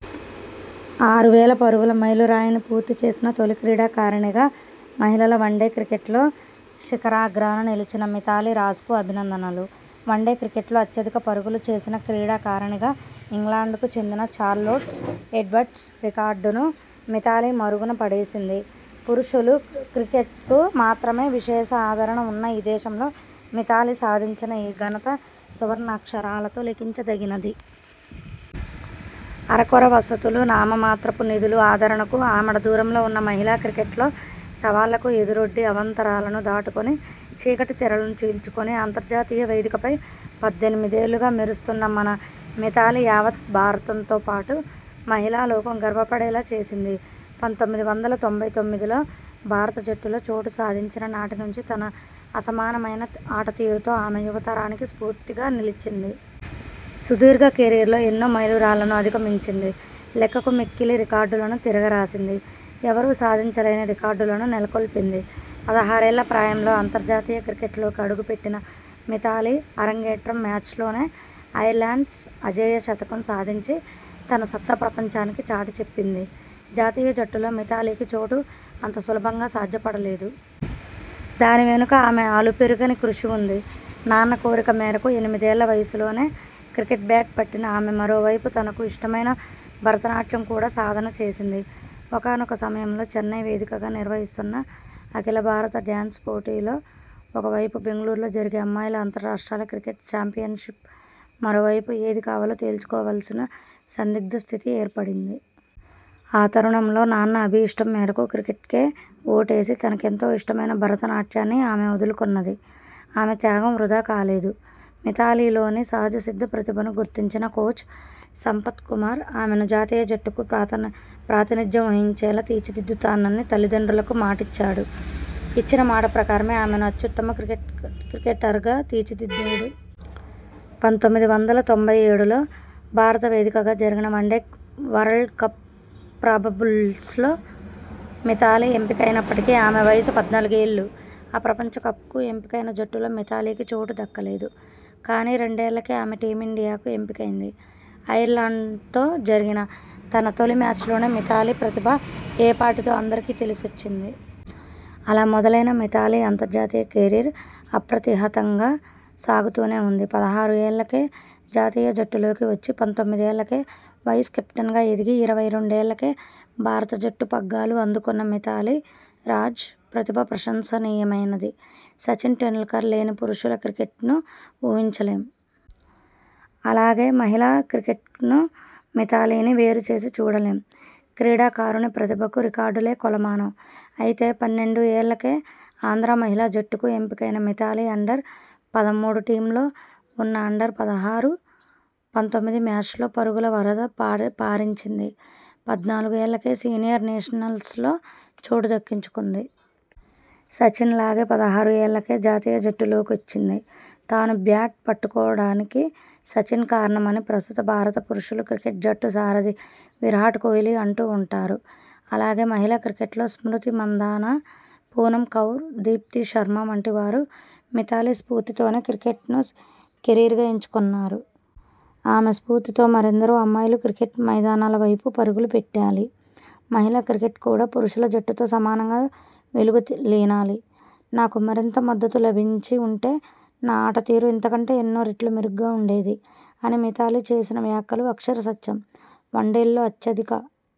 ఆరు వేల పరుగుల మైలురాయిని పూర్తి చేసిన తొలి క్రీడాకారిణిగా మహిళల వన్డే క్రికెట్లో శిఖరాగ్రాన నిలిచిన మిథాలీ రాజ్కు అభినందనలు. వన్డే క్రికెట్లో అత్యధిక పరుగులు చేసిన క్రీడాకారణిగా ఇంగ్లండ్కు చెందిన చార్లొట్ ఎడ్వర్డ్స్ రికార్డును మిథాలీ మరుగున పడేసింది. పురుషుల క్రికెట్కు మాత్రమే విశేష ఆదరణ ఉన్న ఈ దేశంలో మిథాలీ సాధించిన ఈ ఘనత సువర్ణాక్షరాలతో లిఖించదగినది. అరకొర వసతులు, నామమాత్రపు నిధులు, ఆదరణకు ఆమడ దూరంలో ఉన్న మహిళా క్రికెట్లో సవాళ్లకు ఎదురొడ్డి, అవాంతరాలను దాటుకొని, చీకటి తెరలను చీల్చుకొని అంతర్జాతీయ వేదికపై పద్దెనిమిదేళ్లుగా మెరుస్తున్న మన మిథాలీ యావత్ భారతంతోపాటు మహిళాలోకం గర్వపడేలా చేసింది. పంతొమ్మిది వందల తొంభై తొమ్మిదిలో భారత జట్టులో చోటు సాధించిన నాటినుంచి తన అసమానమైన ఆటతీరుతో ఆమె యువతరానికి స్ఫూర్తిగా నిలిచింది. సుదీర్ఘ కెరీర్లో ఎన్నో మైలురాళ్లను అధిగమించింది. లెక్కకు మిక్కిలి రికార్డులను తిరగరాసింది. ఎవరూ సాధించలేని రికార్డులను నెలకొల్పింది. పదహారేళ్ల ప్రాయంలో అంతర్జాతీయ క్రికెట్లోకి అడుగుపెట్టిన మిథాలీ అరంగేట్రం మ్యాచ్లోనే ఐర్లాండ్పై అజేయ శతకం సాధించి తన సత్తా ప్రపంచానికి చాటిచెప్పింది. జాతీయ జట్టులో మిథాలీకి చోటు అంత సులభంగా సాధ్యపడలేదు. దానివెనుక ఆమె అలుపెరుగని కృషి ఉంది. నాన్న కోరిక మేరకు ఎనిమిదేళ్ల వయసులోనే క్రికెట్ బ్యాట్ పట్టిన ఆమె మరోవైపు తనకు ఇష్టమైన భరత నాట్యం కూడా సాధన చేసింది. ఒకానొక సమయంలో చెన్నై వేదికగా నిర్వహిస్తున్న అఖిల భారత డ్యాన్స్ పోటీలు ఒకవైపు బెంగళూరులో జరిగే అమ్మాయిల అంతర్రాస్ట్రాల క్రికెట్ చాంపియన్షిప్ మరోవైపు ఏది కావాలో తేల్చుకోవాల్సిన సందిగ్ధ స్థితి ఏర్పడింది. ఆ తరుణంలో నాన్న అభీష్టం మేరకు క్రికెట్కే ఓటేసి, తనకెంతో ఇష్టమైన భరతనాట్యాన్ని ఆమె వదులుకున్నది. ఆమె త్యాగం వృథా కాలేదు. మిథాలీలోని సహజసిద్ధ ప్రతిభను గుర్తించిన కోచ్ సంపత్ కుమార్ ఆమెను జాతీయ జట్టుకు ప్రతని ప్రాతినిధ్యం వహించేలా తీర్చిదిద్దుతానని తల్లిదండ్రులకు మాటిచ్చాడు. ఇచ్చిన మాటప్రకారమే ఆమెను అత్యుత్తమ క్రిక్ క్రికెటర్గా తీర్చిదిద్దాడు. పంతొమ్మిది వందల తొంభై ఏడులో భారత వేదికగా జరిగిన వన్డే వరల్డ్కప్ ప్రాబబుల్స్లో మిథాలీ ఎంపికైనప్పటికి ఆమె వయసు పద్నాలుగు ఏళ్లు. ఆ ప్రపంచకప్కు ఎంపికైన జట్టులో మిథాలీకి చోటు దక్కలేదు. కానీ రెండేళ్లకే ఆమె టీమిండియాకు ఎంపికైంది. ఐర్లాండ్తో జరిగిన తన తొలి మ్యాచ్లోనే మిథాలీ ప్రతిభ ఏపాటిదో అందరికీ తెలిసొచ్చింది. అలా మొదలైన మిథాలీ అంతర్జాతీయ కెరీర్ అప్రతిహతంగా సాగుతూనే ఉంది. పదహారు ఏళ్లకే జాతీయ జట్టులోకి వచ్చి, పంతొమ్మిది ఏళ్లకే వైస్ కెప్టెన్గా ఎదిగి ఇరవై రెండు ఏళ్లకే భారత జట్టు పగ్గాలు అందుకున్న మిథాలీ రాజ్ ప్రతిభ ప్రశంసనీయమైనది. సచిన్ టెండూల్కర్ లేని పురుషుల క్రికెట్ను ఊహించలేం. అలాగే మహిళా క్రికెట్నూ మిథాలీనీ వేరు చేసి చూడలేం. క్రీడాకారుని ప్రతిభకు రికార్డులే కొలమానం అయితే పన్నెండు ఏళ్లకే ఆంధ్రా మహిళా జట్టుకు ఎంపికైన మిథాలీ అండర్ పదమూడు టీమ్లో ఉన్నా అండర్ పదహారు, పంతొమ్మిది మ్యాచ్ల్లో పరుగుల వరద పరు పారించింది. పద్నాలుగు ఏళ్లకే సీనియర్ నేషనల్స్లో చోటు దక్కించుకుంది. సచిన్లాగే పదహారు ఏళ్లకే జాతీయ జట్టులోకొచ్చింది. తాను బ్యాట్ పట్టడానికి సచిన్ కారణమని ప్రస్తుత భారత పురుషుల క్రికెట్ జట్టు సారథి విరాట్ కోహ్లీ అంటూ ఉంటారు. అలాగే మహిళా క్రికెట్లో స్మృతి మంధాన, పూనమ్ కౌర్, దీప్తి శర్మ వంటి వారు మిథాలీ స్ఫూర్తితోనే క్రికెట్ను కెరీర్గా ఎంచుకున్నారు. ఆమె స్ఫూర్తితో మరెందరో అమ్మాయిలు క్రికెట్ మైదానాలవైపు పరుగులు పెట్టాలి. మహిళా క్రికెట్ కూడా పురుషుల జట్టుతో సమానంగా వెలుగుతిలీనాలి. 'నాకు మరింత మద్దతు లభించి వుంటే నా ఆటతీరు ఇంతకంటే ఎన్నో రెట్లు మెరుగ్గా ఉండేది' అని మిథాలీ చేసిన వ్యాఖ్యలు అక్షర సత్యం. వన్డేల్లో అత్యధిక